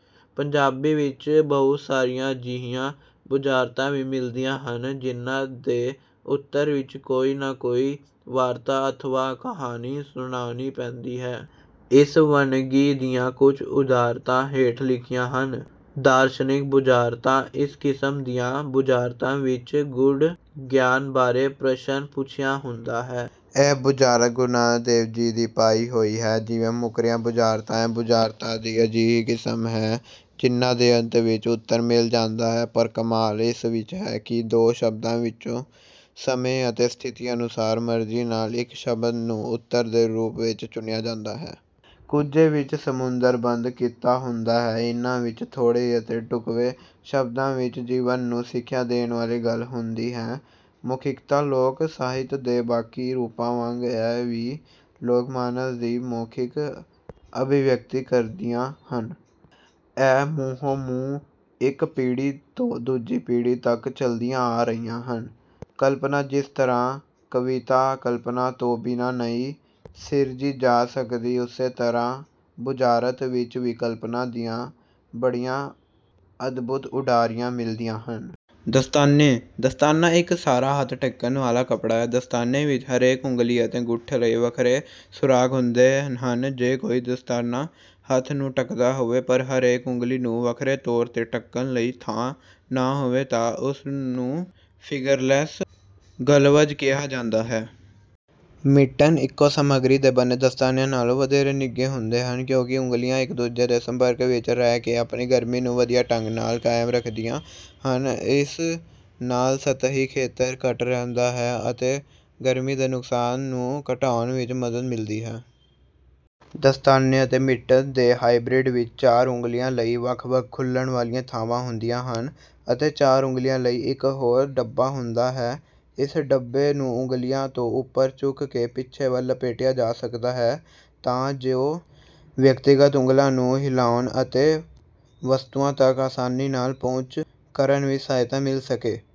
ਪੰਜਾਬੀ ਵਿੱਚ ਬਹੁਤ ਸਾਰੀਆਂ ਅਜਿਹੀਆਂ ਬੁਝਾਰਤਾਂ ਵੀ ਮਿਲਦੀਆਂ ਹਨ, ਜਿਨ੍ਹਾਂ ਦੇ ਉੱਤਰ ਵਿੱਚ ਕੋਈ ਨਾ ਕੋਈ ਵਾਰਤਾ ਅਥਵਾ ਕਹਾਣੀ ਸੁਣਾਉਣੀ ਪੈਂਦੀ ਹੈ। ਇਸ ਵੰਨਗੀ ਦੀਆਂ ਕੁਝ ਬੁਝਾਰਤਾਂ ਹੇਠ ਲਿਖੀਆਂ ਹਨ। ਦਾਰਸ਼ਨਿਕ ਬੁਝਾਰਤਾਂ: ਇਸ ਕਿਸਮ ਦੀਆਂ ਬੁਝਾਰਤਾਂ ਵਿੱਚ ਗੂੜ੍ਹ ਗਿਆਨ ਬਾਰੇ ਪ੍ਰਸ਼ਨ ਪੁੱਛਿਆ ਹੁੰਦਾ ਹੈ। ਇਹ ਬੁਝਾਰਤ ਗੁਰੂ ਨਾਨਕ ਦੇਵ ਜੀ ਦੀ ਪਾਈ ਹੋਈ ਹੈ। ਜਿਵੇਂ—ਮੁਕਰੀਆਂ ਬੁਝਾਰਤਾਂ: ਇਹ ਬੁਝਾਰਤਾਂ ਦੀ ਅਜਿਹੀ ਕਿਸਮ ਹੈ, ਜਿਨ੍ਹਾਂ ਦੇ ਅੰਤ ਵਿੱਚ ਉੱਤਰ ਮਿਲ ਜਾਂਦਾ ਹੈ; ਪਰ ਕਮਾਲ ਇਸ ਵਿੱਚ ਹੈ ਕਿ ਦੋ ਸ਼ਬਦਾਂ ਵਿੱਚੋਂ ਸਮੇਂ ਅਤੇ ਸਥਿਤੀ ਅਨੁਸਾਰ ਮਰਜ਼ੀ ਨਾਲ ਇੱਕ ਸ਼ਬਦ ਨੂੰ ਉੱਤਰ ਦੇ ਰੂਪ ਵਿੱਚ ਚੁਣਿਆ ਜਾਂਦਾ ਹੈ। “ਕੁੱਜੇ ਵਿੱਚ ਸਮੁੰਦਰ ਬੰਦ” ਕੀਤਾ ਹੁੰਦਾ ਹੈ। ਇਨ੍ਹਾਂ ਵਿੱਚ ਥੋੜ੍ਹੇ ਅਤੇ ਢੁਕਵੇਂ ਸ਼ਬਦਾਂ ਵਿੱਚ ਜੀਵਨ ਨੂੰ ਸਿੱਖਿਆ ਦੇਣ ਵਾਲੀ ਗੱਲ ਹੁੰਦੀ ਹੈ। ਮੌਖਿਕਤਾ: ਲੋਕ-ਸਾਹਿਤ ਦੇ ਬਾਕੀ ਰੂਪਾਂ ਵਾਂਗ ਇਹ ਵੀ ਲੋਕ-ਮਾਨਸ ਦੀ ਮੌਖਿਕ ਅਭਿਵਿਅਕਤੀ ਕਰਦੀਆਂ ਹਨ। ਇਹ ਮੂੰਹੋਂ-ਮੂੰਹ ਇੱਕ ਪੀੜ੍ਹੀ ਤੋਂ ਦੂਜੀ ਪੀੜ੍ਹੀ ਤੱਕ ਚੱਲਦੀਆਂ ਆ ਰਹੀਆਂ ਹਨ। ਕਲਪਨਾ: ਜਿਸ ਤਰ੍ਹਾਂ ਕਵਿਤਾ ਕਲਪਨਾ ਤੋਂ ਬਿਨਾਂ ਨਹੀਂ ਸਿਰਜੀ ਜਾ ਸਕਦੀ, ਉਸੇ ਤਰ੍ਹਾਂ ਬੁਝਾਰਤ ਵਿੱਚ ਵੀ ਕਲਪਨਾ ਦੀਆਂ ਬੜੀਆਂ ਅਦਭੁਤ ਉਡਾਰੀਆਂ ਮਿਲਦੀਆਂ ਹਨ। ਦਸਤਾਨੇ: ਦਸਤਾਨਾ ਇੱਕ ਸਾਰਾ ਹੱਥ ਢੱਕਣ ਵਾਲਾ ਕੱਪੜਾ ਹੈ। ਦਸਤਾਨੇ ਵਿੱਚ ਹਰੇਕ ਉਂਗਲੀ ਅਤੇ ਅੰਗੂਠੇ ਲਈ ਵੱਖਰੇ ਸੁਰਾਖ ਹੁੰਦੇ ਹਨ। ਜੇ ਕੋਈ ਦਸਤਾਨਾ ਹੱਥ ਨੂੰ ਢੱਕਦਾ ਹੋਵੇ, ਪਰ ਹਰੇਕ ਉਂਗਲੀ ਨੂੰ ਵੱਖਰੇ ਤੌਰ ’ਤੇ ਢੱਕਣ ਲਈ ਥਾਂ ਨਾ ਹੋਵੇ, ਤਾਂ ਉਸ ਨੂੰ ਫਿੰਗਰਲੈੱਸ ਗਲਵਜ਼ ਕਿਹਾ ਜਾਂਦਾ ਹੈ। ਮਿਟਨ ਇੱਕੋ ਸਮੱਗਰੀ ਦੇ ਬਣੇ ਦਸਤਾਨਿਆਂ ਨਾਲੋਂ ਵਧੇਰੇ ਨਿੱਘੇ ਹੁੰਦੇ ਹਨ, ਕਿਉਂਕਿ ਉਂਗਲੀਆਂ ਇੱਕ-ਦੂਜੇ ਦੇ ਸੰਪਰਕ ਵਿੱਚ ਰਹਿ ਕੇ ਆਪਣੀ ਗਰਮੀ ਨੂੰ ਵਧੀਆ ਢੰਗ ਨਾਲ ਕਾਇਮ ਰੱਖਦੀਆਂ ਹਨ। ਇਸ ਨਾਲ ਸਤਹੀ ਖੇਤਰ ਘੱਟ ਰਹਿੰਦਾ ਹੈ ਅਤੇ ਗਰਮੀ ਦੇ ਨੁਕਸਾਨ ਨੂੰ ਘਟਾਉਣ ਵਿੱਚ ਮਦਦ ਮਿਲਦੀ ਹੈ। ਦਸਤਾਨੇ ਅਤੇ ਮਿਟਨ ਦੇ ਹਾਈਬ੍ਰਿਡ ਵਿੱਚ ਚਾਰ ਉਂਗਲੀਆਂ ਲਈ ਵੱਖ-ਵੱਖ ਖੁੱਲ੍ਹਣ ਵਾਲੀਆਂ ਥਾਵਾਂ ਹੁੰਦੀਆਂ ਹਨ ਅਤੇ ਚਾਰ ਉਂਗਲੀਆਂ ਲਈ ਇੱਕ ਹੋਰ ਡੱਬਾ ਹੁੰਦਾ ਹੈ। ਇਸ ਡੱਬੇ ਨੂੰ ਉਂਗਲਾਂ ਤੋਂ ਉੱਪਰ ਚੁੱਕ ਕੇ ਪਿੱਛੇ ਵੱਲ ਲਪੇਟਿਆ ਜਾ ਸਕਦਾ ਹੈ, ਤਾਂ ਜੋ ਵਿਅਕਤੀਗਤ ਉਂਗਲਾਂ ਨੂੰ ਹਿਲਾਉਣ ਅਤੇ ਵਸਤੂਆਂ ਤੱਕ ਆਸਾਨੀ ਨਾਲ ਪਹੁੰਚ ਕਰਨ ਵਿੱਚ ਸਹਾਇਤਾ ਮਿਲ ਸਕੇ।